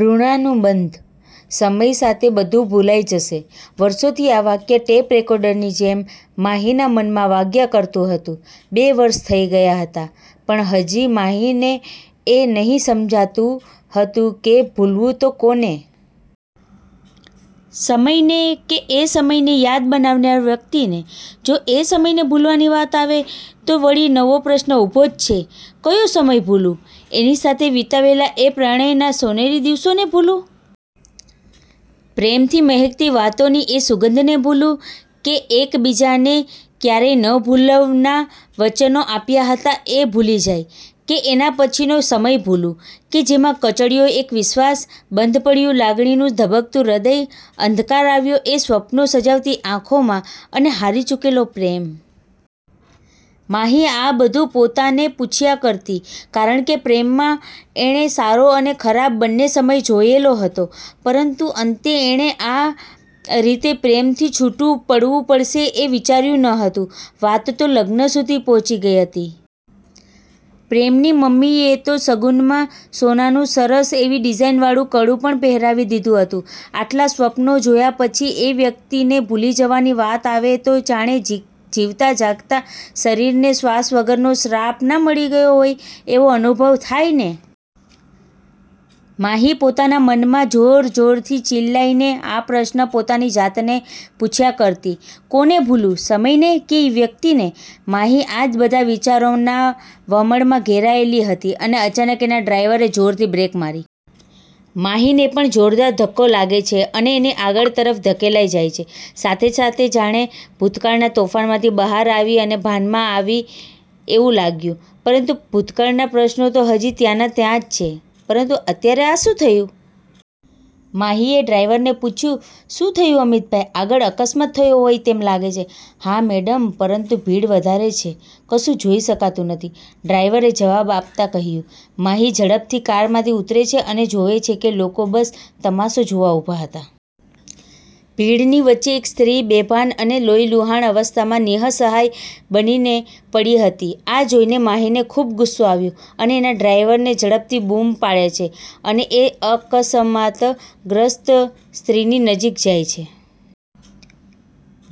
ઋણાનુબંધ: "સમય સાથે બધું ભૂલાઈ જશે" વર્ષોથી આ વાક્ય ટેપ રેકોર્ડર ની જેમ માહી ના મનમાં વાગ્યા કરતુ હતું. બે વર્ષ થઈ ગયાં હતા. પણ હજી માહી ને એ નહી સમજાતું હતું કે ભૂલવું તો કોને? સમય ને, કે એ સમય ને યાદ બનાવનાર વ્યક્તિ ને? જો એ સમય ને ભૂલવાની વાત આવે તો વળી નવો પ્રશ્ન ઊભો જ છે. કયો સમય ભૂલું? એની સાથે વિતાવેલા એ પ્રણય ના સોનેરી દિવસો ને ભૂલું? પ્રેમ થી મહેકતી વાતો ની એ સુગંધ ને ભૂલું? કે એક બીજાને ક્યારેય ન ભૂલવના વચનો આપ્યા હતા એ ભૂલી જાય? કે એના પછી નો સમય ભૂલું? કે જેમાં કચડ્યો એક વિશ્વાસ, બંધ પડ્યું લાગણીથી ધબકતું હૃદય, અંધકાર આવ્યો એ સ્વપનો સજાવતી આંખો માં, અને હારી ચૂકેલો પ્રેમ. માહી આ જ બધું પોતાને પૂછ્યા કરતી. કારણ કે પ્રેમ માં એણે સારો અને ખરાબ બંને સમય જોયેલો હતો, પરંતુ અંતે એણે આ રીતે પ્રેમથી છૂટું પડવું પડશે એ વિચાર્યું ન હતું. વાત તો લગ્ન સુધી પહોંચી ગઈ હતી. પ્રેમ ની મમ્મીએ તો શગુનમાં સોનાનું સરસ એવી ડીઝાઇન વાળું કડું પણ પહેરાવી દીધું હતું. આટલા સ્વપનો જોયા પછી એ વ્યક્તિ ને ભૂલી જવાની વાત આવે તો જાણે જીવતા જાગતા શરીર ને શ્વાસ વગર રહેવાનો શ્રાપ ના મળી ગયો હોય, એવો જ અનુભવ થાય ને. માહી પોતાના મન માં જોર-જોરથી ચિલ્લાઈ ને આ પ્રશ્ન પોતાની જાત ને જ પૂછ્યા કરતી, "કોને ભૂલું? સમય ને કે વ્યક્તિ ને?" માહી આ જ બધા વિચારોના વમળમાં ઘેરાયેલી હતી અને અચાનક એનાં ડ્રાઈવરે જોરથી બ્રેક મારી. માહી ને પણ જોરદાર ધક્કો લાગે છે અને આગળ તરફ ધકેલાઈ જાય છે. સાથે-સાથે જાણે ભૂતકાળના તોફાનમાંથી બહાર આવી અને ભાનમાં આવી એવું લાગ્યું.. પરંતુ ભૂતકાળના પ્રશ્નો તો હજી ત્યાંના ત્યાં જ છે, પરંતુ અત્યારે આ શું થયું? માહી એ ડ્રાઈવર ને પૂછ્યું,"શું થયું અમિતભાઈ? આગળ અકસ્માત થયો હોય તેમ લાગે છે." "હા મેડમ, પરંતુ ભીડ વધારે છે. કશું જોઈ શકાતું નથી." ડ્રાઈવર એ જવાબ આપતા કહ્યું. માહી ઝડપથી કારમાંથી ઉતરે છે અને જોવે છે કે લોકો બસ તમાશો જોવા ઊભા હતા. ભીડ ની વચ્ચે એક સ્ત્રી બેભાન અને લોહીલુહાણ અવસ્થામાં નિ:સહાય બનીને પડી હતી. આ જોઈ ને માહી ને ખૂબ ગુસ્સો આવ્યો અને એના ડ્રાઈવરને ઝડપથી બૂમ પાડે છે, અને એ અકસમાતગ્રસ્ત સ્ત્રીની નજીક જાય છે.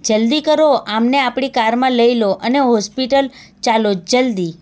"જલ્દી કરો. આમને આપણી કારમા લઇ લો અને હોસ્પિટલ ચાલો, જલ્દી.